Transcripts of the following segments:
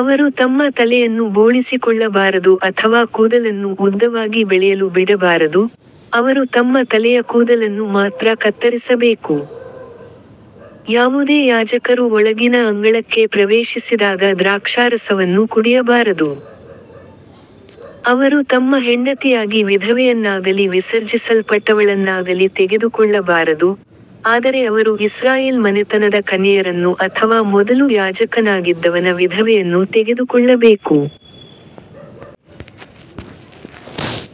ಅವರು ತಮ್ಮ ತಲೆಯನ್ನು ಬೋಳಿಸಿಕೊಳ್ಳಬಾರದು ಅಥವಾ ಕೂದಲನ್ನು ಉದ್ದವಾಗಿ ಬೆಳೆಯಲು ಬಿಡಬಾರದು, ಅವರು ತಮ್ಮ ತಲೆಯ ಕೂದಲನ್ನು ಮಾತ್ರ ಕತ್ತರಿಸಬೇಕು. ಯಾವುದೇ ಯಾಜಕರು ಒಳಗಿನ ಅಂಗಳಕ್ಕೆ ಪ್ರವೇಶಿಸಿದಾಗ ದ್ರಾಕ್ಷಾರಸವನ್ನು ಕುಡಿಯಬಾರದು. ಅವರು ತಮ್ಮ ಹೆಂಡತಿಯಾಗಿ ವಿಧವೆಯನ್ನಾಗಲಿ ವಿಸರ್ಜಿಸಲ್ಪಟ್ಟವಳನ್ನಾಗಲಿ ತೆಗೆದುಕೊಳ್ಳಬಾರದು, ಆದರೆ ಅವರು ಇಸ್ರಾಯೇಲ್ ಮನೆತನದ ಕನ್ಯೆಯರನ್ನು ಅಥವಾ ಮೊದಲು ಯಾಜಕನಾಗಿದ್ದವನ ವಿಧವೆಯನ್ನು ತೆಗೆದುಕೊಳ್ಳಬೇಕು.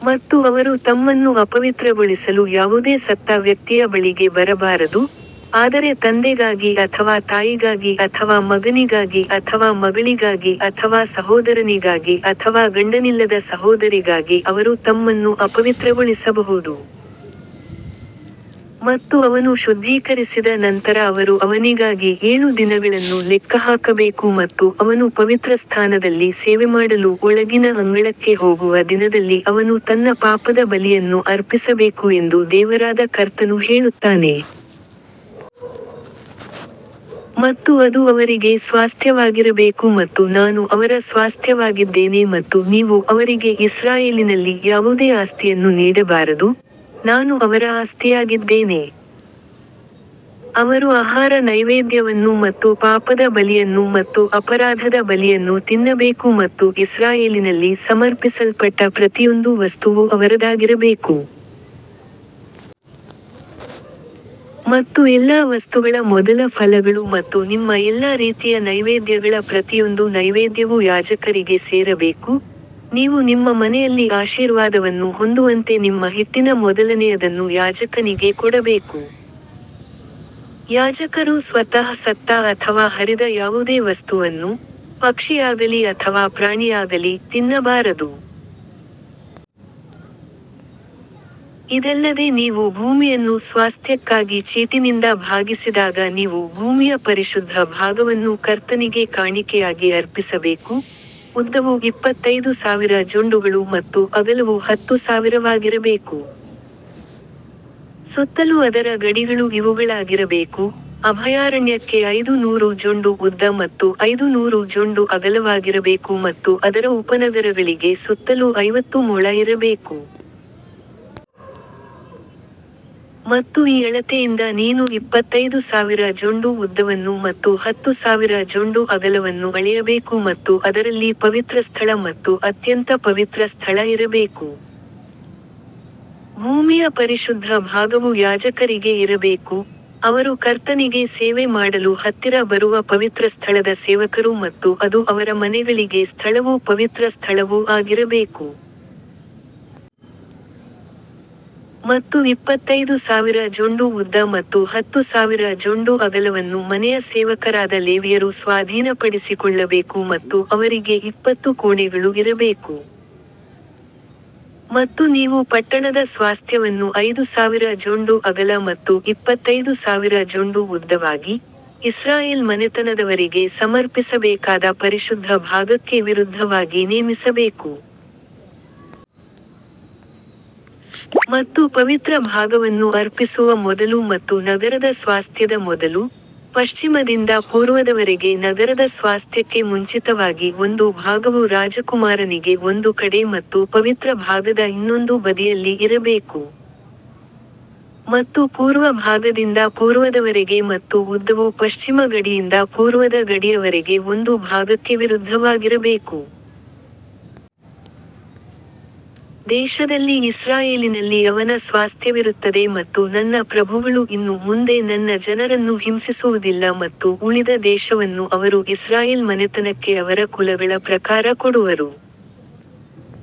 ಮತ್ತು ಅವರು ತಮ್ಮನ್ನು ಅಪವಿತ್ರಗೊಳಿಸಲು ಯಾವುದೇ ಸತ್ತ ವ್ಯಕ್ತಿಯ ಬಳಿಗೆ ಬರಬಾರದು, ಆದರೆ ತಂದೆಗಾಗಿ ಅಥವಾ ತಾಯಿಗಾಗಿ ಅಥವಾ ಮಗನಿಗಾಗಿ ಅಥವಾ ಮಗಳಿಗಾಗಿ ಅಥವಾ ಸಹೋದರನಿಗಾಗಿ ಅಥವಾ ಗಂಡನಿಲ್ಲದ ಸಹೋದರಿಗಾಗಿ ಅವರು ತಮ್ಮನ್ನು ಅಪವಿತ್ರಗೊಳಿಸಬಹುದು. ಮತ್ತು ಅವನು ಶುದ್ಧೀಕರಿಸಿದ ನಂತರ ಅವರು ಅವನಿಗಾಗಿ ಏಳು ದಿನಗಳನ್ನು ಲೆಕ್ಕಹಾಕಬೇಕು ಮತ್ತು ಅವನು ಪವಿತ್ರಸ್ಥಾನದಲ್ಲಿ ಸೇವೆಮಾಡಲು ಒಳಗಿನ ಅಂಗಳಕ್ಕೆ ಹೋಗುವ ದಿನದಲ್ಲಿ ಅವನು ತನ್ನ ಪಾಪದ ಬಲಿಯನ್ನು ಅರ್ಪಿಸಬೇಕು ಎಂದು ದೇವರಾದ ಕರ್ತನು ಹೇಳುತ್ತಾನೆ. ಮತ್ತು ಅದು ಅವರಿಗೆ ಸ್ವಾಸ್ತ್ಯವಾಗಿರಬೇಕು ಮತ್ತು ನಾನು ಅವರ ಸ್ವಾಸ್ತ್ಯವಾಗಿದ್ದೇನೆ ಮತ್ತು ನೀವು ಅವರಿಗೆ ಇಸ್ರಾಯೇಲಿನಲ್ಲಿ ಯಾವುದೇ ಆಸ್ತಿಯನ್ನು ನೀಡಬಾರದು, ನಾನು ಅವರ ಆಸ್ತಿಯಾಗಿದ್ದೇನೆ. ಅವರು ಆಹಾರ ನೈವೇದ್ಯವನ್ನು ಮತ್ತು ಪಾಪದ ಬಲಿಯನ್ನು ಮತ್ತು ಅಪರಾಧದ ಬಲಿಯನ್ನು ತಿನ್ನಬೇಕು ಮತ್ತು ಇಸ್ರಾಯೇಲಿನಲ್ಲಿ ಸಮರ್ಪಿಸಲ್ಪಟ್ಟ ಪ್ರತಿಯೊಂದು ವಸ್ತುವೂ ಅವರದಾಗಿರಬೇಕು. ಮತ್ತು ಎಲ್ಲಾ ವಸ್ತುಗಳ ಮೊದಲ ಫಲಗಳು ಮತ್ತು ನಿಮ್ಮ ಎಲ್ಲಾ ರೀತಿಯ ನೈವೇದ್ಯಗಳ ಪ್ರತಿಯೊಂದು ನೈವೇದ್ಯವೂ ಯಾಜಕರಿಗೆ ಸೇರಬೇಕು, ನೀವು ನಿಮ್ಮ ಮನೆಯಲ್ಲಿ ಆಶೀರ್ವಾದವನ್ನು ಹೊಂದುವಂತೆ ನಿಮ್ಮ ಹಿಟ್ಟಿನ ಮೊದಲನೆಯದನ್ನು ಯಾಜಕನಿಗೆ ಕೊಡಬೇಕು. ಯಾಜಕರು ಸ್ವತಃ ಸತ್ತ ಅಥವಾ ಹರಿದ ಯಾವುದೇ ವಸ್ತುವನ್ನು, ಪಕ್ಷಿಯಾಗಲಿ ಅಥವಾ ಪ್ರಾಣಿಯಾಗಲಿ, ತಿನ್ನಬಾರದು. ಇದಲ್ಲದೆ ನೀವು ಭೂಮಿಯನ್ನು ಸ್ವಾಸ್ತ್ಯಕ್ಕಾಗಿ ಚೀಟಿನಿಂದ ಭಾಗಿಸಿದಾಗ ನೀವು ಭೂಮಿಯ ಪರಿಶುದ್ಧ ಭಾಗವನ್ನು ಕರ್ತನಿಗೆ ಕಾಣಿಕೆಯಾಗಿ ಅರ್ಪಿಸಬೇಕು, ಉದ್ದವು ಇಪ್ಪತ್ತೈದು ಸಾವಿರ ಜೊಂಡುಗಳು ಮತ್ತು ಅಗಲವು ಹತ್ತು ಸಾವಿರವಾಗಿರಬೇಕು. ಸುತ್ತಲೂ ಅದರ ಗಡಿಗಳು ಇವುಗಳಾಗಿರಬೇಕು, ಅಭಯಾರಣ್ಯಕ್ಕೆ ಐದು ನೂರು ಜೊಂಡು ಉದ್ದ ಮತ್ತು ಐದು ನೂರು ಜೊಂಡು ಅಗಲವಾಗಿರಬೇಕು ಮತ್ತು ಅದರ ಉಪನಗರಗಳಿಗೆ ಸುತ್ತಲೂ ಐವತ್ತು ಮೊಳ ಇರಬೇಕು. ಮತ್ತು ಈ ಅಳತೆಯಿಂದ ನೀನು ಇಪ್ಪತ್ತೈದು ಸಾವಿರ ಜೊಂಡು ಉದ್ದವನ್ನು ಮತ್ತು ಹತ್ತು ಸಾವಿರ ಜೊಂಡು ಅಗಲವನ್ನು ಅಳೆಯಬೇಕು ಮತ್ತು ಅದರಲ್ಲಿ ಪವಿತ್ರಸ್ಥಳ ಮತ್ತು ಅತ್ಯಂತ ಪವಿತ್ರ ಸ್ಥಳ ಇರಬೇಕು. ಭೂಮಿಯ ಪರಿಶುದ್ಧ ಭಾಗವು ಯಾಜಕರಿಗೆ ಇರಬೇಕು, ಅವರು ಕರ್ತನಿಗೆ ಸೇವೆ ಮಾಡಲು ಹತ್ತಿರ ಬರುವ ಪವಿತ್ರಸ್ಥಳದ ಸೇವಕರು ಮತ್ತು ಅದು ಅವರ ಮನೆಗಳಿಗೆ ಸ್ಥಳವೂ ಪವಿತ್ರ ಸ್ಥಳವೂ ಆಗಿರಬೇಕು. ಮತ್ತು ಇಪ್ಪತ್ತೈದು ಸಾವಿರ ಜೊಂಡು ಉದ್ದ ಮತ್ತು ಹತ್ತು ಸಾವಿರ ಜೊಂಡು ಅಗಲವನ್ನು ಮನೆಯ ಸೇವಕರಾದ ಲೇವಿಯರು ಸ್ವಾಧೀನಪಡಿಸಿಕೊಳ್ಳಬೇಕು ಮತ್ತು ಅವರಿಗೆ ಇಪ್ಪತ್ತು ಕೋಣೆಗಳು ಇರಬೇಕು. ಮತ್ತು ನೀವು ಪಟ್ಟಣದ ಸ್ವಾಸ್ತ್ಯವನ್ನು ಐದು ಸಾವಿರ ಜೊಂಡು ಅಗಲ ಮತ್ತು ಇಪ್ಪತ್ತೈದು ಸಾವಿರ ಜೊಂಡು ಉದ್ದವಾಗಿ, ಇಸ್ರಾಯೇಲ್ ಮನೆತನದವರಿಗೆ ಸಮರ್ಪಿಸಬೇಕಾದ ಪರಿಶುದ್ಧ ಭಾಗಕ್ಕೆ ವಿರುದ್ಧವಾಗಿ ನೇಮಿಸಬೇಕು. ಮತ್ತು ಪವಿತ್ರ ಭಾಗವನ್ನು ಅರ್ಪಿಸುವ ಮೊದಲು ಮತ್ತು ನಗರದ ಸ್ವಾಸ್ತ್ಯದ ಮೊದಲು, ಪಶ್ಚಿಮದಿಂದ ಪೂರ್ವದವರೆಗೆ ನಗರದ ಸ್ವಾಸ್ತ್ಯಕ್ಕೆ ಮುಂಚಿತವಾಗಿ ಒಂದು ಭಾಗವು ರಾಜಕುಮಾರನಿಗೆ ಒಂದು ಕಡೆ ಮತ್ತು ಪವಿತ್ರ ಭಾಗದ ಇನ್ನೊಂದು ಬದಿಯಲ್ಲಿ ಇರಬೇಕು. ಮತ್ತು ಪೂರ್ವ ಭಾಗದಿಂದ ಪೂರ್ವದವರೆಗೆ ಮತ್ತು ಉದ್ದವು ಪಶ್ಚಿಮ ಗಡಿಯಿಂದ ಪೂರ್ವದ ಗಡಿಯವರೆಗೆ ಒಂದು ಭಾಗಕ್ಕೆ ವಿರುದ್ಧವಾಗಿರಬೇಕು. ದೇಶದಲ್ಲಿ ಇಸ್ರಾಯೇಲಿನಲ್ಲಿ ಅವನ ಸ್ವಾಸ್ತ್ಯವಿರುತ್ತದೆ ಮತ್ತು ನನ್ನ ಪ್ರಭುಗಳು ಇನ್ನು ಮುಂದೆ ನನ್ನ ಜನರನ್ನು ಹಿಂಸಿಸುವುದಿಲ್ಲ ಮತ್ತು ಉಳಿದ ದೇಶವನ್ನು ಅವರು ಇಸ್ರಾಯೇಲ್ ಮನೆತನಕ್ಕೆ ಅವರ ಕುಲಗಳ ಪ್ರಕಾರ ಕೊಡುವರು.